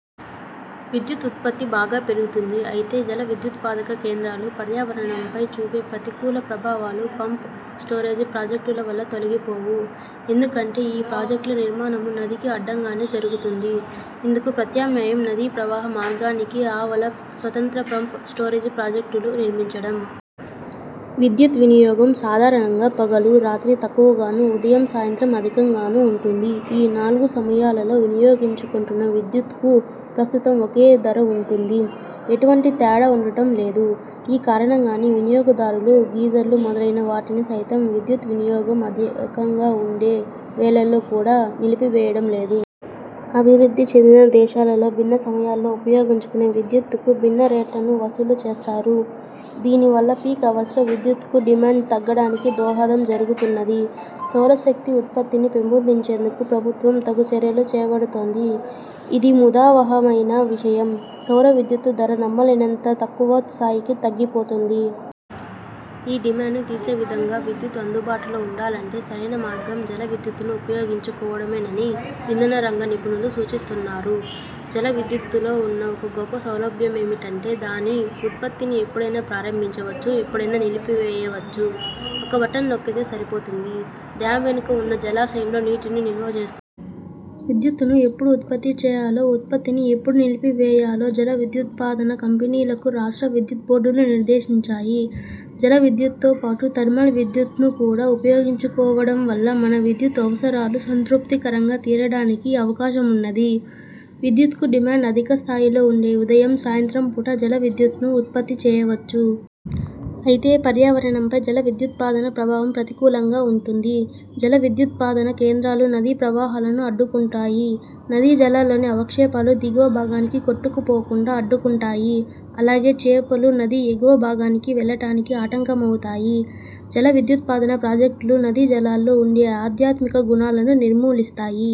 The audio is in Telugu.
విద్యుత్ ఉత్పత్తి బాగా పెరుగుతుంది. అయితే జల విద్యుదుత్పాదన కేంద్రాలు పర్యావరణంపై చూపే ప్రతికూల ప్రభావాలు పంప్– స్టోరేజి ప్రాజెక్టుల వల్ల తొలగిపోవు. ఎందుకంటే ఈ ప్రాజెక్ట్ల నిర్మాణమూ నదికి అడ్డంగానే జరుగుతుంది. ఇందుకు ప్రత్యామ్నాయం నదీ ప్రవాహ మార్గానికి ఆవల స్వతంత్ర పంప్– స్టోరేజి ప్రాజెక్టులు నిర్మించడం. విద్యుత్ వినియోగం సాధారణంగా పగలు, రాత్రి తక్కువగాను, ఉదయం, సాయంత్రం అధికంగాను ఉంటుంది. ఈ నాలుగు సమయాలలో వినియోగించుకొంటున్న విద్యుత్కు ప్రస్తుతం ఒకే ధర వుంటుంది. ఎటువంటి తేడా ఉండడం లేదు. ఈ కారణంగానే వినియోగదారులు గీజర్లు మొదలైన వాటిని సైతం విద్యుత్ వినియోగం అత్యధికంగా వుండే వేళల్లో కూడా నిలిపివేయడం లేదు. అభివృద్ధి చెందిన దేశాలలో భిన్న సమయాల్లో ఉపయోగించుకునే విద్యుత్తుకు భిన్న రేట్లను వసూలు చేస్తారు. దీనివల్ల పీక్ అవర్స్లో విద్యుత్కు డిమాండ్ తగ్గడానికి దోహదం జరుగుతున్నది. సౌర శక్తి ఉత్పత్తిని పెంపొందించేందుకు ప్రభు త్వం తగు చర్యలు చేపడుతోంది. ఇది ముదావహమైన విషయం. సౌర విద్యుత్తు ధర నమ్మలేనంత తక్కువ స్థాయికి తగ్గిపోయింది. ఈ డిమాండ్ను తీర్చే విధంగా విద్యుత్ అందుబాటులో వుండాలంటే సరైన మార్గం జల విద్యుత్తును ఉపయోగించుకోవడమేనని ఇంధన రంగ నిపుణులు సూచిస్తున్నారు. జల విద్యుత్తుతో వున్న ఒక గొప్ప సౌలభ్యమేమిటంటే దాని ఉత్పత్తిని ఎప్పుడైనా ప్రారంభించవచ్చు, ఎప్పుడైనా నిలిపివేయవచ్చు. ఒక బటన్ నొక్కితే సరిపోతుంది. డ్యామ్ వెనుక వున్న జలాశయంలో నీటిని నిల్వ చేస్తారు. విద్యుత్తును ఎప్పుడు ఉత్పత్తి చేయాలో, ఉత్పత్తిని ఎప్పుడు నిలిపివేయాలో జల విద్యుదుత్పాదన కంపెనీలకు రాష్ట్ర విద్యుత్ బోర్డులు నిర్దేశిస్తాయి. జల విద్యుత్తో పాటు ధర్మల్ విద్యుత్ను కూడా ఉపయోగించుకోవడం వల్ల మన విద్యుత్ అవసరాలు సంతృప్తికరంగా తీరడానికి అవకాశమున్నది. విద్యుత్కు డిమాండ్ అత్యధిక స్థాయిలో వుండే ఉదయం, సాయంత్రం పూట జల విద్యుత్తును ఉత్పత్తి చేయవచ్చు. అయితే పర్యావరణంపై జల విద్యుదుత్పాదన ప్రభావం ప్రతికూలంగా వుంటుంది. జలవిద్యుదుత్పాదన కేంద్రాలు నదీ ప్రవాహాలను అడ్డుకుంటాయి. నదీ జలాల్లోని అవక్షేపాలు దిగువ భాగానికి కొట్టుకుపోకుండా అడ్డుకుంటాయి. అలాగే చేపలు నది ఎగువ భాగానికి వెళ్ళటానికి ఆటంకమవుతాయి. జల విద్యుదుత్పాదన ప్రాజెక్టులు నదీ జలాల్లో ఉండే ఆధ్యాత్మిక గుణాలను నిర్మూలిస్తాయి.